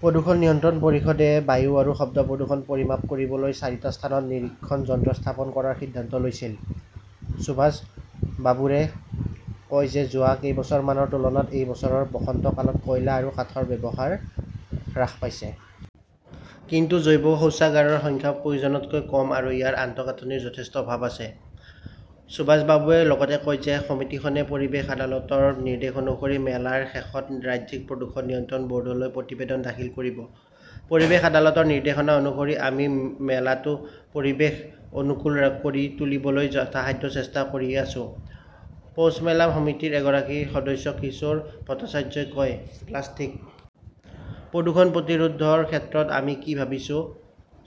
প্ৰদূষণ নিয়ন্ত্ৰণ পৰিষদে বায়ু আৰু শব্দ প্ৰদূষণ পৰিমাপ কৰিবলৈ চাৰিটা স্থানত নিৰীক্ষণ যন্ত্ৰ স্থাপন কৰাৰ সিদ্ধান্ত লৈছিল। সুভাষ বাবুৰে কয় যে যোৱা কেইবছৰমানৰ তুলনাত এই বছৰৰ বসন্তকালত কয়লা আৰু কাঠৰ ব্যৱহাৰ হ্ৰাস পাইছে। কিন্তু, জৈৱ শৌচাগাৰৰ সংখ্যা প্ৰয়োজনতকৈ কম আৰু ইয়াৰ আন্তঃগাঁথনিৰ যথেষ্ট অভাৱ আছে। সুভাষ বাবুৱে লগতে কয় যে সমিতিখনে পৰিৱেশ আদালতৰ নিৰ্দেশ অনুসৰি মেলাৰ শেষত ৰাজ্যিক প্ৰদূষণ নিয়ন্ত্ৰণ বৰ্ডলৈ প্ৰতিবেদন দাখিল কৰিব। পৰিৱেশ আদালতৰ নিৰ্দেশনা অনুসৰি আমি মেলাটো পৰিৱেশ অনুকূল কৰি তুলিবলৈ যথাসাধ্য চেষ্টা কৰি আছো, পৌছমেলা সমিতিৰ এগৰাকী সদস্য কিশোৰ ভট্টাচাৰ্যই কয়। প্লাষ্টিক প্ৰদূষণ প্ৰতিৰোধৰ ক্ষেত্ৰত আমি কি ভাবিছোঁ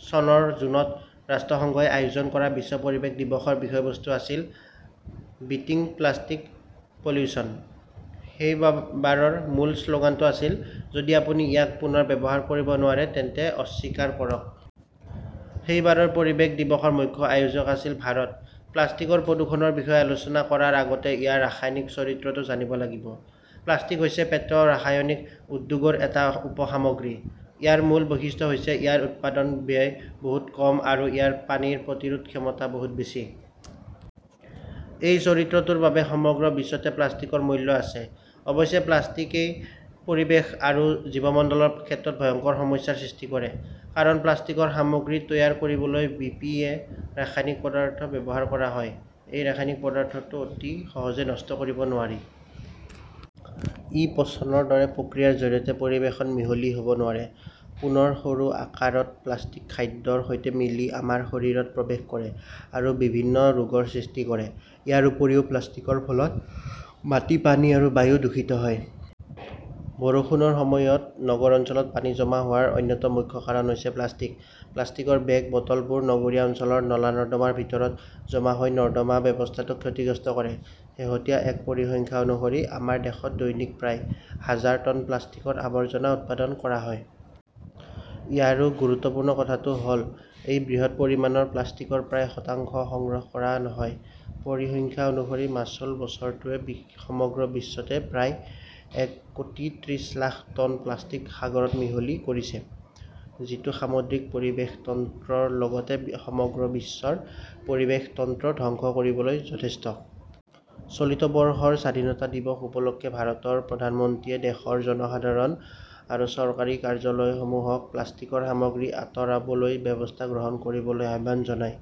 চনৰ জুনত ৰাষ্ট্ৰসংঘই আয়োজন কৰা বিশ্ব পৰিৱেশ দিৱসৰ বিষয়বস্তু আছিল 'বিটিঙ প্লাষ্টিক পলিউশ্যন। সেই বাৰৰ মূল শ্লোগানটো আছিল, যদি আপুনি ইয়াক পুনৰ ব্যৱহাৰ কৰিব নোৱাৰে তেন্তে অস্বীকাৰ কৰক। 'সেই বাৰৰ পৰিৱেশ দিৱসৰ মুখ্য আয়োজক আছিল ভাৰত। প্লাষ্টিকৰ প্ৰদূষণৰ বিষয়ে আলোচনা কৰাৰ আগতে ইয়াৰ ৰাসায়নিক চৰিত্ৰটো জানিব লাগিব। প্লাষ্টিক হৈছে পেট্ৰ ৰাসায়নিক উদ্যোগৰ এটা উপ-সামগ্ৰী। ইয়াৰ মূল বৈশিষ্ট্য হৈছে ইয়াৰ উৎপাদন ব্যয় বহুত কম আৰু ইয়াৰ পানীৰ প্ৰতিৰোধ ক্ষমতা বহুত বেছি। এই চৰিত্ৰটোৰ বাবেই সমগ্ৰ বিশ্বতে প্লাষ্টিকৰ মূল্য আছে। অৱশ্যে, প্লাষ্টিকই পৰিৱেশ আৰু জীৱমণ্ডলৰ ক্ষেত্ৰত ভয়ংকৰ সমস্যাৰ সৃষ্টি কৰে। কাৰণ, প্লাষ্টিকৰ সামগ্ৰী তৈয়াৰ কৰিবলৈ বি. পি. এ. ৰাসায়নিক পদাৰ্থ ব্যৱহাৰ কৰা হয়। এই ৰাসায়নিক পদাৰ্থটো অতি সহজে নষ্ট কৰিব নোৱাৰি। ই পচনৰ দৰে প্ৰক্ৰিয়াৰ জৰিয়তে পৰিৱেশত মিহলি হব নোৱাৰে। পুনৰ সৰু আকাৰত প্লাষ্টিক খাদ্যৰ সৈতে মিলি আমাৰ শৰীৰত প্ৰৱেশ কৰে আৰু বিভিন্ন ৰোগৰ সৃষ্টি কৰে। ইয়াৰ উপৰিও প্লাষ্টিকৰ ফলত মাটি, পানী আৰু বায়ু দূষিত হয়। বৰষুণৰ সময়ত নগৰ অঞ্চলত পানী জমা হোৱাৰ অন্যতম মুখ্য কাৰণ হৈছে প্লাষ্টিক। প্লাষ্টিকৰ বেগ, বটলবোৰ নগৰীয়া অঞ্চলৰ নলা-নৰ্দমাৰ ভিতৰত জমা হৈ নৰ্দমা ব্যৱস্থাটোক ক্ষতিগ্ৰস্ত কৰে। শেহতীয়া এক পৰিসংখ্যা অনুসৰি, আমাৰ দেশত দৈনিক প্ৰায় হাজাৰ টন প্লাষ্টিকৰ আৱৰ্জনা উৎপাদন কৰা হয়। ইয়াৰো গুৰুত্বপূৰ্ণ কথাটো হল, এই বৃহৎ পৰিমাণৰ প্লাষ্টিকৰ প্ৰায় শতাংশ সংগ্ৰহ কৰা নহয়। পৰিসংখ্যা অনুসৰি, মাচুল-বছৰটোৱে সমগ্ৰ বিশ্বতে প্ৰায় এক কোটি ত্ৰিশ লাখ টন প্লাষ্টিক সাগৰত মিহলি কৰিছে। যিটো সামুদ্ৰিক পৰিৱেশ তন্ত্ৰৰ লগতে সমগ্ৰ বিশ্বৰ পৰিৱেশ তন্ত্ৰ ধ্বংস কৰিবলৈ যথেষ্ট। চলিত বৰ্ষৰ স্বাধীনতা দিৱস উপলক্ষে ভাৰতৰ প্ৰধানমন্ত্ৰীয়ে দেশৰ জনসাধাৰণ আৰু চৰকাৰী কাৰ্যালয়সমূহক প্লাষ্টিকৰ সামগ্ৰী আঁতৰাবলৈ ব্যৱস্থা গ্ৰহণ কৰিবলৈ আহ্বান জনায়।